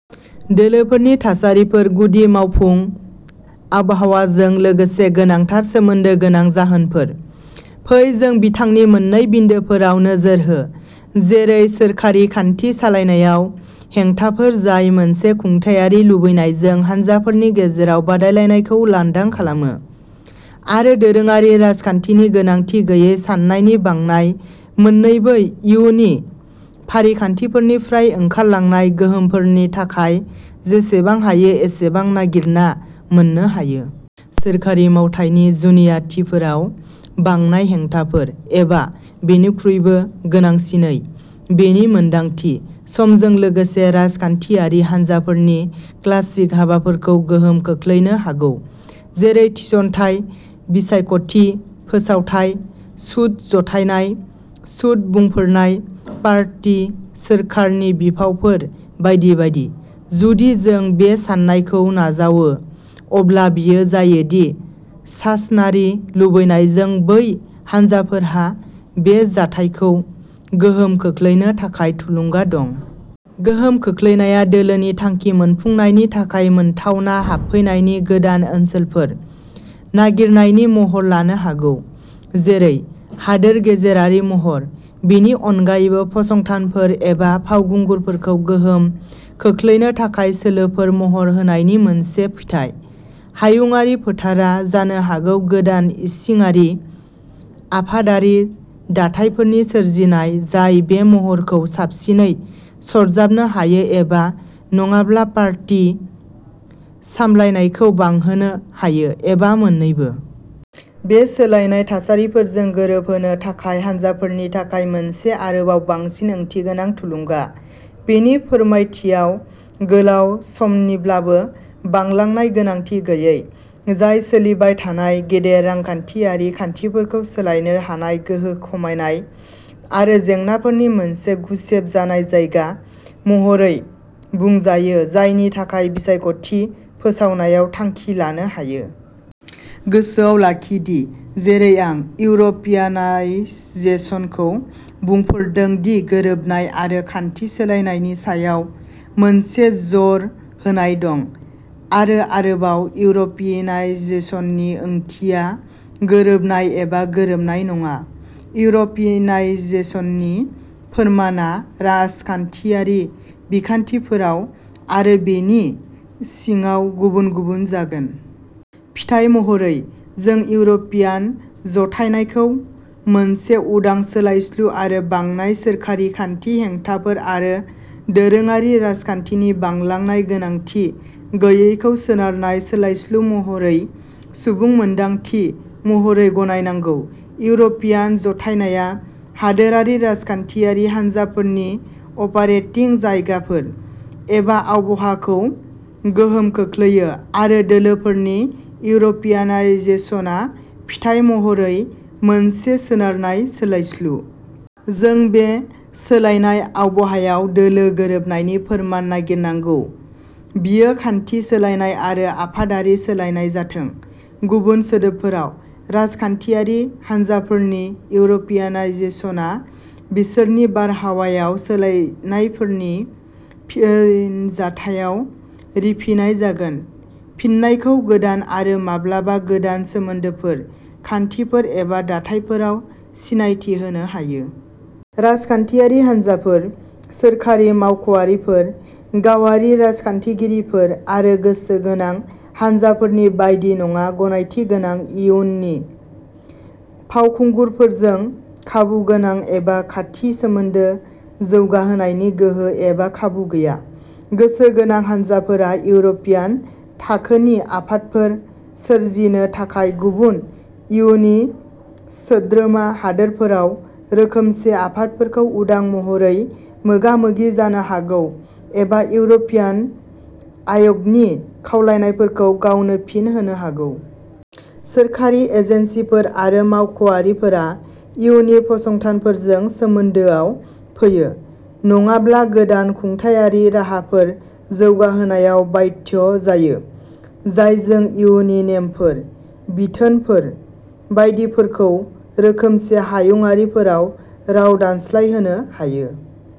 दोलोफोरनि थासारिफोर गुदि मावफुं आबहावाजों लोगोसे गोनांथार सोमोन्दो गोनां जाहोनफोर। फै जों बिथांनि मोन्नै बिन्दोफोराव नोजोर हो, जेरै सोरखारि खान्थि सालायनायआव हेंथाफोर जाय मोनसे खुंथायारि लुबैनायजों हानजाफोरनि गेजेराव बादायलायनायखौ लांदां खालामो, आरो दोरोङारि राजखान्थिनि गोनांथि गैयै साननायनि बांनाय, मोननैबो इयुनि फारिखान्थिफोरनिफ्राय ओंखारलांनाय गोहोमफोरनि थाखाय जेसेबां हायो एसेबां नागिरना मोननो हायो। सोरखारि मावथायनि जुनियाथिफोराव बांनाय हेंथाफोर, एबा बेनिख्रुइबो गोनांसिनै, बेनि मोनदांथि, समजों लोगोसे राजखान्थियारि हानजाफोरनि क्लासिक हाबाफोरखौ गोहोम खोख्लैनो हागौ, जेरै थिसनथाय, बिसायख'थि फोसावथाय, सुद जथायनाय, सुद बुंफोरनाय, पार्टी सोरखारनि बिफावफोर, बायदि बायदि। जुदि जों बे सान्नायखौ नाजावो, अब्ला बेयो जायो दि सासनारि लुबैनायजों बै हानजाफोरहा बे जाथायखौ गोहोम खोख्लैनो थाखाय थुलुंगा दं। गोहोम गोग्लैनाया दोलोनि थांखि मोनफुंनायनि थाखाय मोनथावना हाबफैनायनि गोदान ओनसोलफोर नागिरनायनि महर लानो हागौ, जेरै, हादोर गेजेरारि महर। बेनि अनगायैबो, फसंथानफोर एबा फावखुंगुरफोरखौ गोहोम खोख्लैनो थाखाय सोलोफोर महर होनायनि मोनसे फिथाय। हायुंआरि फोथारआ जानो हागौ गोदान इसिङारि आफादारि दाथायफोरनि सोरजिनाय जाय बे महरखौ साबसिनै सरजाबनो हायो एबा नङाब्ला पार्टी सामलायनायखौ बांहोनो हायो, एबा मोन्नैबो। बे सोलायनाय थासारिफोरजों गोरोबहोनो थाखाय हानजाफोरनि थाखाय मोनसे आरोबाव बांसिन ओंथिगोनां थुलुंगा, बेनि फोरमायथियाव गोलाव समनिब्लाबो, बांलांनाय गोनांथि गैयै, जाय सोलिबाय थानाय गेदेर रांखान्थियारि खान्थिफोरखौ सोलायनो हानाय गोहो खमायनाय आरो जेंनाफोरनि मोनसे गुसेब जानाय जायगा महरै बुंजायो जायनि थाखाय बिसायख'थि फोसावनायाव थांखि लानो हायो। गोसोआव लाखि दि जेरै आं इउर'पियानाइजेसनखौ बुंफोरदों दि गोरोबनाय आरो खान्थि सोलायनायनि सायाव मोनसे जर होनाय दं, आरो आरोबाव, इउर'पियानाइजेसननि ओंथिया गोरोबनाय एबा गोरोबनाय नङा, इउर'पियानाइजेसननि फोरमानआ राजखान्थियारि बिखान्थिफोराव आरो बेनि सिङाव गुबुन-गुबुन जागोन। फिथाय महरै, जों इउर'पियान जथायनायखौ मोनसे उदां सोलायस्लु आरो बांनाय सोरखारि खान्थि हेंथाफोर आरो दोरोङारि राजखान्थिनि बांलांनाय गोनांथि गैयैखौ सोनारनाय सोलायस्लु महरै सुबुं मोनदांथि महरै गनायनांगौ। इउर'पियान जथायनाया हादोरारि राजखान्थियारि हानजाफोरनि अपारेटिं जायगाफोर, एबा आबहावाखौ गोहोम खोख्लैयो, आरो दोलोफोरनि इउर'पियानाइजेसनआ फिथाय महरै मोनसे सोनारनाय सोलायस्लु। जों बे सोलायनाय आबहावायाव दोलो गोरोबनायनि फोरमान नागिरनांगौ, बियो खान्थि सोलायनाय आरो आफादारि सोलायनाय जाथों। गुबुन सोदोबफोराव, राजखान्थियारि हान्जाफोरनि इउर'पियानाइजेसनआ बिसोरनि बारहावायाव सोलायनायफोरनि फिनजाथायाव रिफिनाय जागोन। फिननायखौ गोदान आरो माब्लाबा गोदान सोमोन्दोफोर, खान्थिफोर एबा दाथायफोराव सिनायथि होनो हायो। राजखान्थियारि हान्जाफोर, सोरखारि मावख'आरिफोर, गावारि राजखान्थिगिरिफोर आरो गोसो गोनां हानजाफोरनि बायदि नङा, गनायथिगोनां इयुनि फावखुंगुरफोरजों खाबुगोनां एबा खाथि सोमोन्दो जौगाहोनायनि गोहो एबा खाबु गैया। गोसो गोनां हानजाफोरा इउर'पियान थाखोनि आफादफोर सोरजिनो थाखाय गुबुन इयुनि सोद्रोमा हादोरफोराव रोखोमसे आफादफोरखौ उदां महरै मोगा मोगि जानो हागौ, एबा इउर'पियान आय'गनि खावलायनायफोरखौ गावनो फिन होनो हागौ। सोरखारि एजेन्सिफोर आरो मावख'आरिफोरा इयुनि फसंथानफोरजों सोमोन्दोआव फैयो, नङाब्ला गोदान खुंथायारि राहाफोर जौगाहोनायाव बाध्य जायो जायजों इयुनि नेमफोर, बिथोनफोर बायदिफोरखौ रोखोमसे हायुंआरिफोराव राव दानस्लायहोनो हायो।